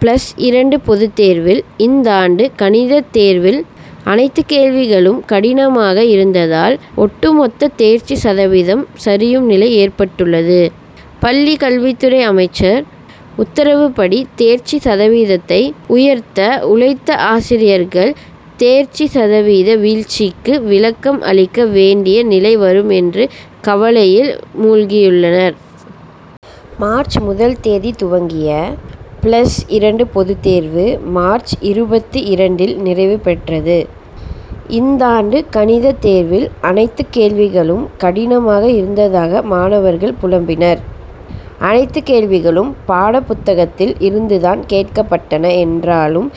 Plus இரண்டு பொதுத்தேர்வில் இந்தாண்டு கணித தேர்வில் அனைத்து கேள்விகளும் கடினமாக இருந்ததால் ஒட்டுமொத்த தேர்ச்சி சதவீதம் சரியும் நிலை ஏற்பட்டுள்ளது. பள்ளி கல்வித்துறை அமைச்சர் உத்தரவுப்படி தேர்ச்சி சதவீதத்தை உயர்த்த உழைத்த ஆசிரியர்கள் தேர்ச்சி சதவீத வீழ்ச்சிக்கு விளக்கம் அளிக்க வேண்டிய நிலை வரும் என்ற கவலையில் மூழ்கியுள்ளனர். மார்ச் முதல் தேதி துவங்கிய பிளஸ் இரண்டு பொது தேர்வு மார்ச் இருபத்து இரண்டு இல் நிறைவு பெற்றது. இந்தாண்டு கணித தேர்வில் அனைத்துக் கேள்விகளும் கடினமாக இருந்ததாக மாணவர்கள் புலம்பினர். அனைத்து கேள்விகளும் பாடப்புத்தகத்தில் இருந்துதான் கேட்கப்பட்டன என்றாலும்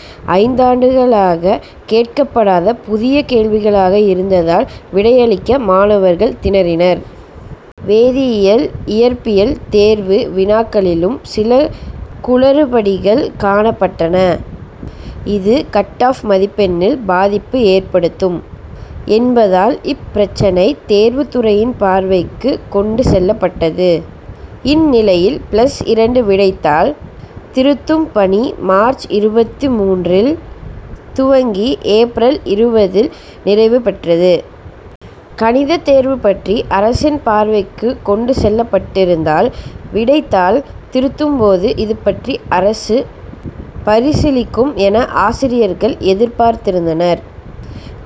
ஐந்தாண்டுகளாக கேட்கப்படாத புதிய கேள்விகளாக இருந்ததால் விடையளிக்க மாணவர்கள் திணறினர். வேதியியல் இயற்பியல் தேர்வு வினாக்களிலும் சில குளறுபடிகள் காணப்பட்டன. இது கட் ஆப் மதிப்பெண்ணில் பாதிப்பு ஏற்படுத்தும் என்பதால் இப்பிரச்னை தேர்வு துறையின் பார்வைக்கு கொண்டு செல்லப்பட்டது. இந்நிலையில் பிளஸ் இரண்டு விடைத்தாள் திருத்தும் பணி மார்ச் இருபத்து மூன்று ல் துவங்கி ஏப். இருபது இல் நிறைவு பெற்றது. கணித தேர்வு பற்றி அரசின் பார்வைக்கு கொண்டு செல்லப்பட்டிருந்ததால் விடைத்தாள் திருத்தும்போது இதுபற்றி அரசு பரிசீலிக்கும் என ஆசிரியர்கள் எதிர்பார்த்திருந்தனர்.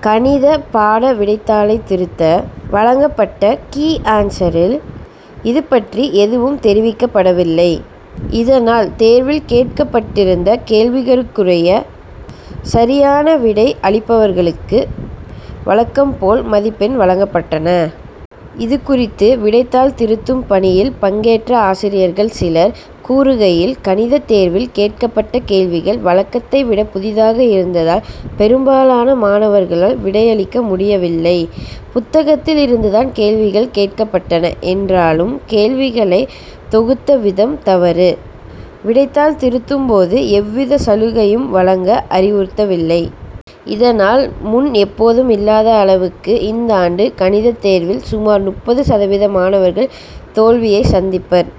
கணித பாட விடைத்தாளை திருத்த வழங்கப்பட்ட கீ ஆன்சரில் இதுபற்றி எதுவும் தெரிவிக்கப்படவில்லை. இதனால் தேர்வில் கேட்கப்பட்டிருந்த கேள்விகளுக்குரிய சரியான விடை அளிப்பவர்களுக்கு வழக்கம் போல் மதிப்பெண் வழங்கப்பட்டன. இதுகுறித்து விடைத்தாள் திருத்தும் பணியில் பங்கேற்ற ஆசிரியர்கள் சிலர் கூறுகையில் கணித தேர்வில் கேட்கப்பட்ட கேள்விகள் வழக்கத்தை விட புதிதாக இருந்ததால் பெரும்பாலான மாணவர்களால் விடையளிக்க முடியவில்லை. புத்தகத்தில் இருந்துதான் கேள்விகள் கேட்கப்பட்டன என்றாலும் கேள்விகளை தொகுத்த விதம் தவறு. விடைத்தாள் திருத்தும்போது எவ்வித சலுகையும் வழங்க அறிவுறுத்தவில்லை. இதனால் முன் எப்போதும் இல்லாத அளவுக்கு இந்தாண்டு கணித தேர்வில் சுமார் முப்பது சதவீத மாணவர்கள் தோல்வியை சந்திப்பர்.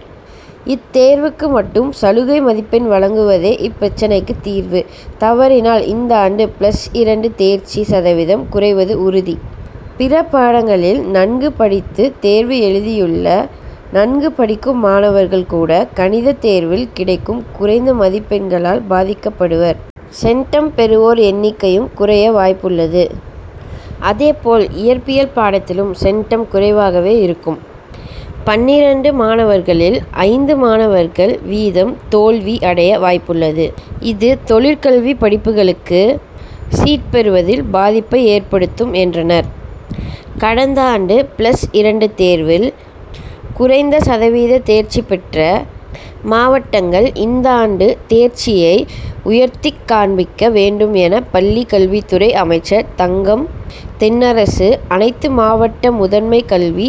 இத்தேர்வுக்கு மட்டும் சலுகை மதிப்பெண் வழங்குவதே இப்பிரச்னைக்கு தீர்வு. தவறினால் இந்தாண்டு பிளஸ் இரண்டு தேர்ச்சி சதவீதம் குறைவது உறுதி. பிற பாடங்களில் நன்கு படித்து தேர்வு எழுதியுள்ள நன்கு படிக்கும் மாணவர்கள் கூட கணித தேர்வில் கிடைக்கும் குறைந்த மதிப்பெண்களால் பாதிக்கப்படுவர். சென்டம் பெறுவோர் எண்ணிக்கையும் குறைய வாய்ப்புள்ளது. அதேபோல் இயற்பியல் பாடத்திலும் சென்டம் குறைவாகவே இருக்கும். பன்னிரண்டு மாணவர்களில் ஐந்து மாணவர்கள் வீதம் தோல்வி அடைய வாய்ப்புள்ளது. இதுதொழிற் கல்வி படிப்புகளுக்கு சீட் பெறுவதில் பாதிப்பை ஏற்படுத்தும் என்றனர். கடந்தாண்டு பிளஸ் இரண்டு தேர்வில் குறைந்த சதவீத தேர்ச்சி பெற்ற மாவட்டங்கள் இந்தாண்டு தேர்ச்சியை உயர்த்திக் காண்பிக்க வேண்டும் என பள்ளி கல்வித் துறை அமைச்சர் தங்கம் தென்னரசு அனைத்து மாவட்ட முதன்மை கல்வி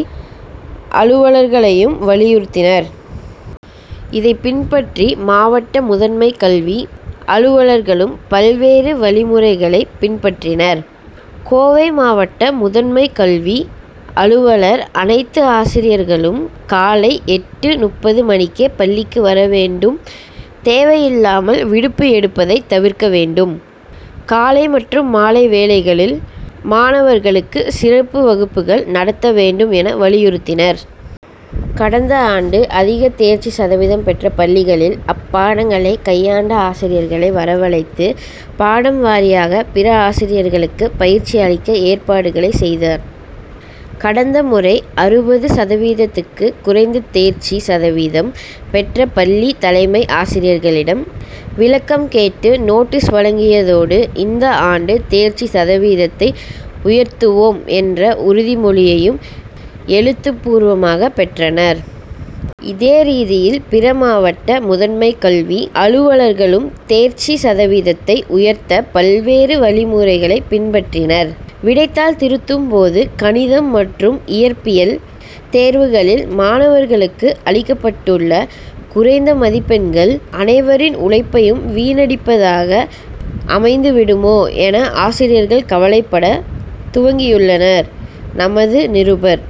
அலுவலர்களையும் வலியுறுத்தியிருந்தார். இதைப்பின்பற்றி மாவட்ட முதன்மை கல்வி அலுவலர்களும் பல்வேறு வழிமுறைகளை பின்பற்றினர். கோவை மாவட்ட முதன்மை கல்வி அலுவலர் அனைத்து ஆசிரியர்களும் காலை எட்டு முப்பது மணிக்கே பள்ளிக்கு வர வேண்டும் தேவையில்லாமல் விடுப்பு எடுப்பதை தவிர்க்க வேண்டும். காலை மற்றும் மாலை வேளைகளில் மாணவர்களுக்கு சிறப்பு வகுப்புகள் நடத்த வேண்டும் என வலியுறுத்தினார். கடந்த ஆண்டு அதிக தேர்ச்சி சதவீதம் பெற்ற பள்ளிகளில் அப்பாடங்களை கையாண்ட ஆசிரியர்களை வரவழைத்து பாடம் வாரியாக பிற ஆசிரியர்களுக்கு பயிற்சி அளிக்க ஏற்பாடுகளை செய்தார். கடந்த முறை அறுபது சதவீதத்துக்கு குறைந்த தேர்ச்சி சதவீதம் பெற்ற பள்ளி தலைமை ஆசிரியர்களிடம் விளக்கம் கேட்டு நோட்டீஸ் வழங்கியதோடு இந்த ஆண்டு தேர்ச்சி சதவீதத்தை உயர்த்துவோம் என்ற உறுதி மொழியையும் எழுத்துப் பூர்வமாக பெற்றார். இதே ரீதியில் பிற மாவட்ட முதன்மை கல்வி அலுவலர்களும் தேர்ச்சி சதவீதத்தை உயர்த்த பல்வேறு வழிமுறைகளை பின்பற்றினர். விடைத்தாள் திருத்தும் போது கணிதம் மற்றும் இயற்பியல் தேர்வுகளில் மாணவர்களுக்கு அளிக்கப்பட்டுள்ள குறைந்த மதிப்பெண்கள் அனைவரின் உழைப்பையும் வீணடிப்பதாக அமைந்து விடுமோ என ஆசிரியர்கள் கவலைப்பட துவங்கியுள்ளனர். நமது நிருபர்.